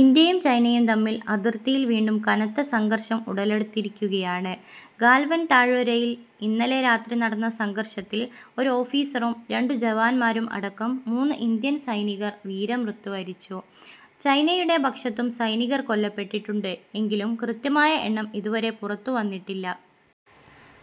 ഇന്ത്യയും ചൈനയും തമ്മിൽ അതിർത്തിയിൽ വീണ്ടും കനത്ത സംഘർഷം ഉടലെടുത്തിരിക്കുകയാണ്. ഗാൽവൻ താഴ്വരയിൽ ഇന്നലെ രാത്രി നടന്ന സംഘർഷത്തിൽ ഒരു ഓഫീസറും രണ്ടു ജവാന്മാരും അടക്കം മൂന്ന് ഇന്ത്യൻ സൈനികർ വീരമൃത്യു വരിച്ചു. ചൈനയുടെ പക്ഷത്തും സൈനികർ കൊല്ലപ്പെട്ടിട്ടുണ്ട് എങ്കിലും കൃത്യമായ എണ്ണം ഇതുവരെ പുറത്തുവന്നിട്ടില്ല.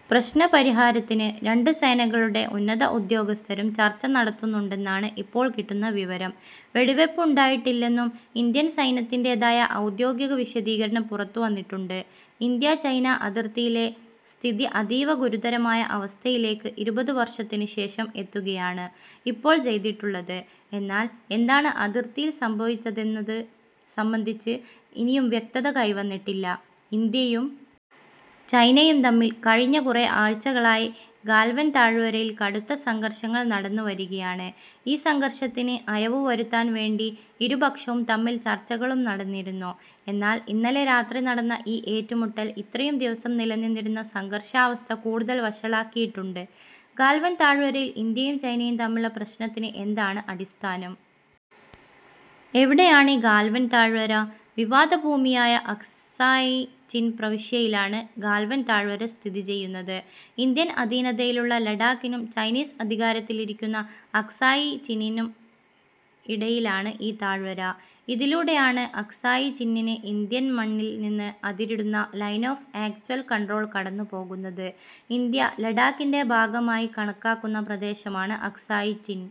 പ്രശ്നപരിഹാരത്തിന് രണ്ട് സേനകളുടെയും ഉന്നത ഉദ്യോഗസ്ഥരും ചർച്ച നടത്തുന്നുണ്ടെന്നാണ് ഇപ്പോൾ കിട്ടുന്ന വിവരം. വെടിവയ്പ് ഉണ്ടായിട്ടില്ലെന്നും ഇന്ത്യൻ സൈന്യത്തിന്റേതായ ഔദ്യോഗിക വിശദീകരണം പുറത്തുവന്നിട്ടുണ്ട്. ഇന്ത്യ ചൈന അതിർത്തിയിലെ സ്ഥിതി അതീവഗുരുതരമായ അവസ്ഥയിലേക്ക് ഇരുപത് വർഷത്തിന് ശേഷം എത്തുകയാണ് ഇപ്പോൾ ചെയ്തിട്ടുള്ളത്. എന്നാൽ എന്താണ് അതിർത്തിയിൽ സംഭവിച്ചതെന്നത് സംബന്ധിച്ച് ഇനിയും വ്യക്തത കൈവന്നിട്ടില്ല. ഇന്ത്യയും ചൈനയും തമ്മിൽ കഴിഞ്ഞ കുറെ ആഴ്ചകളായി ഗാൽവൻ താഴ്വരയിൽ കടുത്ത സംഘർഷങ്ങൾ നടന്നുവരികയാണ്. ഈ സംഘർഷത്തിന് അയവുവരുത്താൻ വേണ്ടി ഇരു പക്ഷവും തമ്മിൽ ചർച്ചകളും നടന്നിരുന്നു. എന്നാൽ ഇന്നലെ രാത്രി നടന്ന ഈ ഏറ്റുമുട്ടൽ ഇത്രയും ദിവസം നിലനിന്നിരുന്ന സംഘർഷാവസ്ഥ കൂടുതൽ വഷളാക്കിയിട്ടുണ്ട്. ഗാൽവൻ താഴ്വരയിൽ ഇന്ത്യയും ചൈനയും തമ്മിലുള്ള പ്രശ്നത്തിന് എന്താണ് അടിസ്ഥാനം? എവിടെയാണീ ഗാൽവൻ താഴ്വര? വിവാദഭൂമിയായ അക്സായി ചിൻ പ്രവിശ്യയിലാണ് ഗാൽവൻ താഴ്വര സ്ഥിതി ചെയ്യുന്നത്. ഇന്ത്യൻ അധീനതയിലുള്ള ലഡാക്കിനും ചൈനീസ് അധികാരത്തിലിരിക്കുന്ന അക്സായി ചിനിനും ഇടയിലാണ് ഈ താഴ്വര. ഇതിലൂടെയാണ് അക്സായി ചിന്നിന് ഇന്ത്യൻ മണ്ണിൽ നിന്ന് അതിരിടുന്ന ലൈൻ ഓഫ് ആക്ച്വൽ കൺട്രോൾ കടന്നുപോകുന്നത്. ഇന്ത്യ ലഡാക്കിൻ്റെ ഭാഗമായി കണക്കാക്കുന്ന പ്രദേശമാണ് അക്സായി ചിൻ.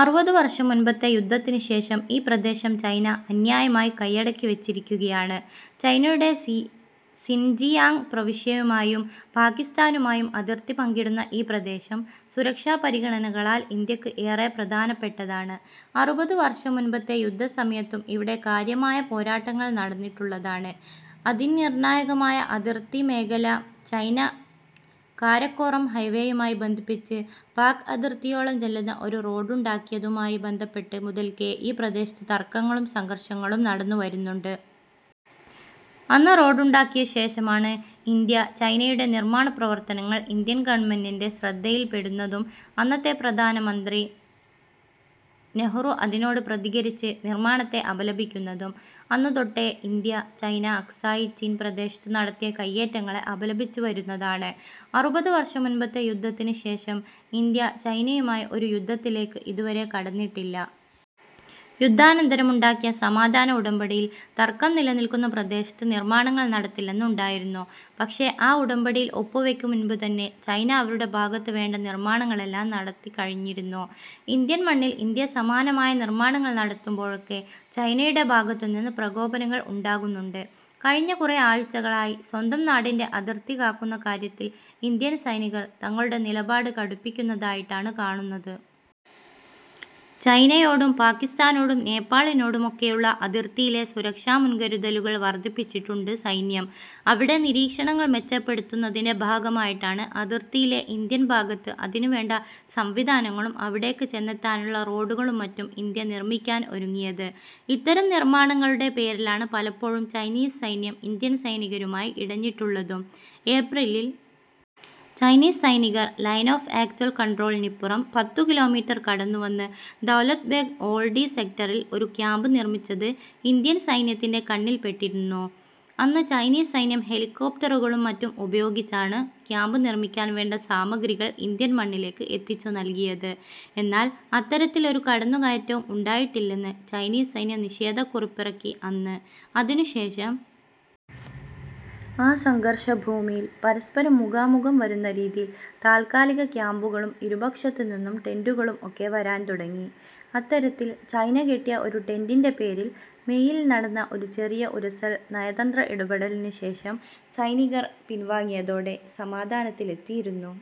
അറുപത് വർഷം മുൻപത്തെ യുദ്ധത്തിന് ശേഷം ഈ പ്രദേശം ചൈന അന്യായമായി കയ്യടക്കി വെച്ചിരിക്കുകയാണ്. ചൈനയുടെ സിൻജിയാങ് പ്രവിശ്യയുമായും പാകിസ്ഥാനുമായും അതിർത്തി പങ്കിടുന്ന ഈ പ്രദേശം സുരക്ഷാ പരിഗണനകളാൽ ഇന്ത്യക്ക് ഏറെ പ്രധാനപ്പെട്ടതാണ്. അറുപത് വർഷം മുൻപത്തെ യുദ്ധസമയത്തും ഇവിടെ കാര്യമായ പോരാട്ടങ്ങൾ നടന്നിട്ടുള്ളതാണ്. അതിനിർണായകമായ അതിർത്തി മേഖല ചൈന കാരക്കോറം ഹൈവേയുമായി ബന്ധിപ്പിച്ച് പാക് അതിർത്തിയോളം ചെല്ലുന്ന ഒരു റോഡുണ്ടാക്കിയതുമായി ബന്ധപ്പെട്ട് മുതൽക്കേ ഈ പ്രദേശത്ത് തർക്കങ്ങളും സംഘർഷങ്ങളും നടന്നുവരുന്നുണ്ട്. അന്ന് റോഡുണ്ടാക്കിയ ശേഷമാണ് ഇന്ത്യ ചൈനയുടെ നിർമാണ പ്രവർത്തനങ്ങൾ ഇന്ത്യൻ ഗവൺമെന്റിൻ്റെ ശ്രദ്ധയിൽപ്പെടുന്നതും അന്നത്തെ പ്രധാനമന്ത്രി നെഹ്റു അതിനോട് പ്രതികരിച്ച് നിർമാണത്തെ അപലപിക്കുന്നതും. അന്നുതൊട്ടേ ഇന്ത്യ ചൈന അക്സായി ചിൻ പ്രദേശത്ത് നടത്തിയ കയ്യേറ്റങ്ങളെ അപലപിച്ചുവരുന്നതാണ്. അറുപത് വർഷം മുൻപത്തെ യുദ്ധത്തിന് ശേഷം ഇന്ത്യ ചൈനയുമായി ഒരു യുദ്ധത്തിലേക്ക് ഇതുവരെ കടന്നിട്ടില്ല. യുദ്ധാനന്തരം ഉണ്ടാക്കിയ സമാധാന ഉടമ്പടിയിൽ തർക്കം നിലനിൽക്കുന്ന പ്രദേശത്ത് നിർമാണങ്ങൾ നടത്തില്ലെന്ന് ഉണ്ടായിരുന്നു. പക്ഷേ ആ ഉടമ്പടിയിൽ ഒപ്പുവെക്കും മുമ്പുതന്നെ ചൈന അവരുടെ ഭാഗത്ത് വേണ്ട നിർമാണങ്ങൾ എല്ലാം നടത്തിക്കഴിഞ്ഞിരുന്നു. ഇന്ത്യൻ മണ്ണിൽ ഇന്ത്യ സമാനമായ നിർമാണങ്ങൾ നടത്തുമ്പോഴൊക്കെ ചൈനയുടെ ഭാഗത്തുനിന്ന് പ്രകോപനങ്ങൾ ഉണ്ടാകുന്നുണ്ട്. കഴിഞ്ഞ കുറെ ആഴ്ചകളായി സ്വന്തം നാടിൻ്റെ അതിർത്തി കാക്കുന്ന കാര്യത്തിൽ ഇന്ത്യൻ സൈനികർ തങ്ങളുടെ നിലപാട് കടുപ്പിക്കുന്നതായിട്ടാണ് കാണുന്നത്. ചൈനയോടും പാകിസ്താനോടും നേപ്പാളിനോടും ഒക്കെയുള്ള അതിർത്തിയിലെ സുരക്ഷാ മുൻകരുതലുകൾ വർധിപ്പിച്ചിട്ടുണ്ട് സൈന്യം. അവിടെ നിരീക്ഷണങ്ങൾ മെച്ചപ്പെടുത്തുന്നതിൻ്റെ ഭാഗമായിട്ടാണ് അതിർത്തിയിലെ ഇന്ത്യൻ ഭാഗത്ത് അതിനുവേണ്ട സംവിധാനങ്ങളും അവിടേക്ക് ചെന്നെത്താനുള്ള റോഡുകളും മറ്റും ഇന്ത്യ നിർമിക്കാൻ ഒരുങ്ങിയത്. ഇത്തരം നിർമാണങ്ങളുടെ പേരിലാണ് പലപ്പോഴും ചൈനീസ് സൈന്യം ഇന്ത്യൻ സൈനികരുമായി ഇടഞ്ഞിട്ടുള്ളതും. ഏപ്രിലിൽ ചൈനീസ് സൈനികർ ലൈൻ ഓഫ് ആക്ച്വൽ കൺട്രോളിനിപ്പുറം പത്തുകിലോമീറ്റർ കടന്നുവന്ന് ദൗലത് ബേഗ് ഓൾഡി സെക്ടറിൽ ഒരു ക്യാമ്പ് നിർമിച്ചത് ഇന്ത്യൻ സൈന്യത്തിൻ്റെ കണ്ണിൽപ്പെട്ടിരുന്നു. അന്ന് ചൈനീസ് സൈന്യം ഹെലികോപ്റ്ററുകളും മറ്റും ഉപയോഗിച്ചാണ് ക്യാമ്പ് നിർമിക്കാൻ വേണ്ട സാമഗ്രികൾ ഇന്ത്യൻ മണ്ണിലേക്ക് എത്തിച്ചുനൽകിയത്. എന്നാൽ അത്തരത്തിൽ ഒരു കടന്നുകയറ്റവും ഉണ്ടായിട്ടില്ലെന്ന് ചൈനീസ് സൈന്യം നിഷേധക്കുറിപ്പിറക്കി അന്ന്. അതിനുശേഷം ആ സംഘർഷഭൂമിയിൽ പരസ്പരം മുഖാമുഖം വരുന്ന രീതിയിൽ താത്കാലിക ക്യാമ്പുകളും ഇരുപക്ഷത്തുനിന്നും ടെന്റുകളും ഒക്കെ വരാൻ തുടങ്ങി. അത്തരത്തിൽ ചൈന കെട്ടിയ ഒരു ടെന്റിൻ്റെ പേരിൽ മെയിൽ നടന്ന ഒരു ചെറിയ ഉരസൽ നയതന്ത്ര ഇടപെടലിന് ശേഷം സൈനികർ പിൻവാങ്ങിയതോടെ സമാധാനത്തിലെത്തിയിരുന്നു.